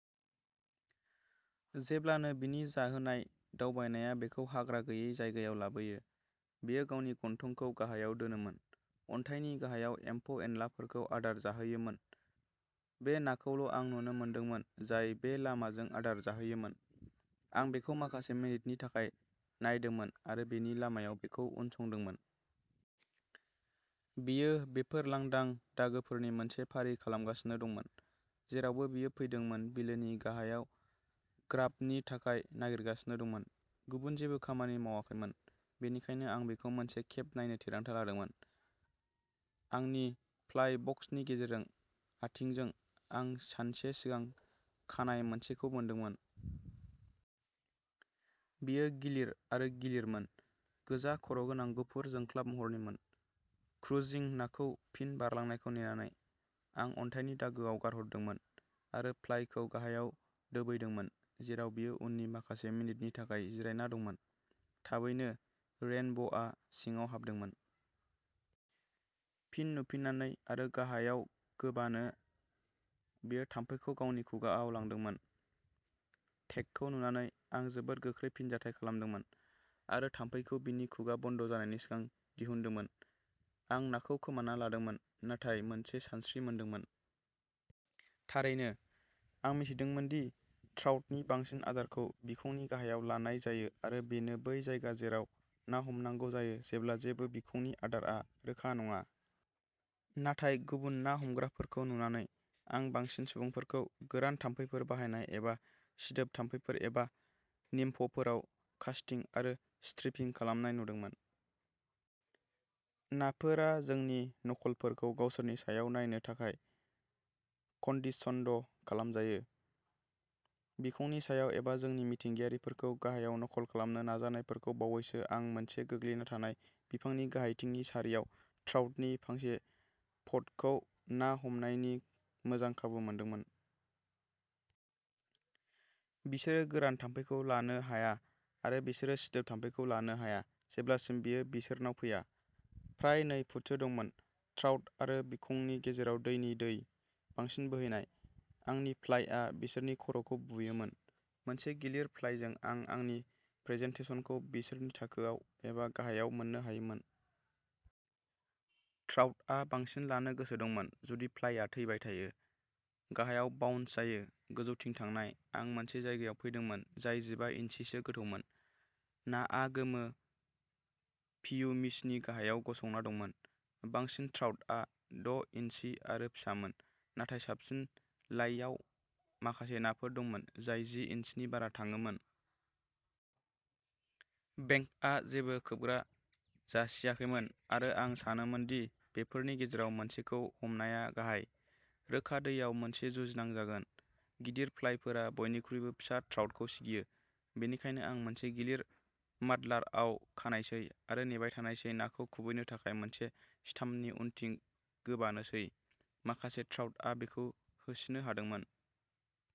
जेब्लानो बिनि जाहोनाय दावबायनाया बेखौ हाग्रा गैयै जायगायाव लाबोयो, बेयो गावनि गन्थंखौ गाहायाव दोनोमोन, अन्थाइनि गाहायाव एम्फौ-एनलाफोरखौ आदार जाहैयोमोन। बे नाखौल' आं नुनो मोनदोंमोन जाय बे लामाजों आदार जाहैयोमोन। आं बेखौ माखासे मिनिटनि थाखाय नायदोंमोन आरो बेनि लामायाव बेखौ उनसंदोंमोन। बेयो बेफोर लांदां दागोफोरनि मोनसे फारि खालामगासिनो दंमोन, जेरावबो बियो फैदोंमोन बिलोनि गाहायाव ग्राबनि थाखाय नागिरगासिनो दंमोन। गुबुन जेबो खामानि मावाखैमोन, बेनिखायनो आं बेखौ मोनसे खेब नायनो थिरांथा लादोंमोन। आंनि फ्लाइ बक्सनि गेजेरजों आथिंजों, आं सानसे सिगां खानाय मोनसेखौ मोनदोंमोन। बेयो गिलिर आरो गिलिरमोन, गोजा खर'गोनां गुफुर जोंख्लाब महरनिमोन। क्रुजिं नाखौ फिन बारलांनायखौ नेनानै, आं अन्थाइनि दागोआव गारहरदोंमोन आरो फ्लाइखौ गाहायाव दोबैदोंमोन जेराव बेयो उननि माखासे मिनिटनि थाखाय जिरायना दंमोन। थाबैनो, रेइनब'आ सिङाव हाबदोंमोन। फिन नुफिननानै आरो गाहायाव गोबानो, बेयो थाम्फैखौ गावनि खुगाआव लांदोंमोन। टेकखौ नुनानै, आं जोबोद गोख्रै फिनजाथाय खालामदोंमोन आरो थाम्फैखौ बिनि खुगा बन्द जानायनि सिगां दिहुनदोंमोन। आं नाखौ खोमाना लादोंमोन नाथाय मोनसे सानस्रि मोनदोंमोन। थारैनो, आं मिथिदोंमोन दि ट्राउटनि बांसिन आदारखौ बिखंनि गाहायाव लानाय जायो आरो बेनो बै जायगा जेराव ना हमनांगौ जायो जेब्ला जेबो बिखंनि आदारआ रोखा नङा। नाथाय गुबुन ना हमग्राफोरखौ नुनानै, आं बांसिन सुबुंफोरखौ गोरान थाम्फैफोर बाहायनाय एबा सिदोब थाम्फैफोर एबा निम्फफोराव कास्टिं आरो स्ट्रिपिं खालामनाय नुदोंमोन। नाफोरा जोंनि नकलफोरखौ गावसोरनि सायाव नायनो थाखाय कन्डिशन्ड खालामजायो, बिखंनि सायाव एबा जोंनि मिथिंगायारिफोरखौ गाहायाव नकल खालामनो नाजानायफोरखौ बावैसो आं मोनसे गोग्लैना थानाय बिफांनि गाहायथिंनि सारियाव ट्राउटनि फांसे फ'डखौ ना हमनायनि मोजां खाबु मोनदोंमोन। बिसोरो गोरान थाम्फैखौ लानो हाया आरो बिसोरो सिदोब थाम्फैखौ लानो हाया जेब्लासिम बेयो बिसोरनाव फैया। फ्राय नै फुटसो दंमोन। ट्राउट आरो बिखंनि गेजेराव दैनि दै। बांसिन बोहैनाय, आंनि फ्लाइआ बिसोरनि खर'खौ बुयोमोन। मोनसे गिलिर फ्लाइजों आं आंनि प्रेजेन्टेसनखौ बिसोरनि थाखोआव एबा गाहायाव मोन्नो हायोमोन। ट्राउटआ बांसिन लानो गोसो दंमोन जुदि फ्लाइआ थैबाय थायो, गाहायाव बाउन्स जायो। गोजौथिं थांनाय, आं मोनसे जायगायाव फैदोंमोन जाय जिबा इन्सिसो गोथौमोन। नाआ गोमो पियुमिसनि गाहायाव गसंना दंमोन। बांसिन ट्राउटआ द' इन्सि आरो फिसामोन, नाथाय साबसिन लाइआव माखासे नाफोर दंमोन जाय जि इन्सिनि बारा थाङोमोन। बेंकआ जेबो खोबग्रा जासियाखैमोन आरो आं सानोमोन दि बेफोरनि गेजेराव मोनसेखौ हमनाया गाहाय, रोखा दैयाव मोनसे जुजिनां जागोन। गिदिर फ्लाइफोरा बयनिख्रुइबो फिसा ट्राउटखौ सिगियो, बेनिखायनो आं मोनसे गिलिर माड्लारआव खानायसै आरो नेबाय थानाय नाखौ खुबैनो थाखाय मोनसे स्टाम्पनि उनथिं गोबानोसै। माखासे ट्राउटआ बेखौ होसिनो हादोंमोन।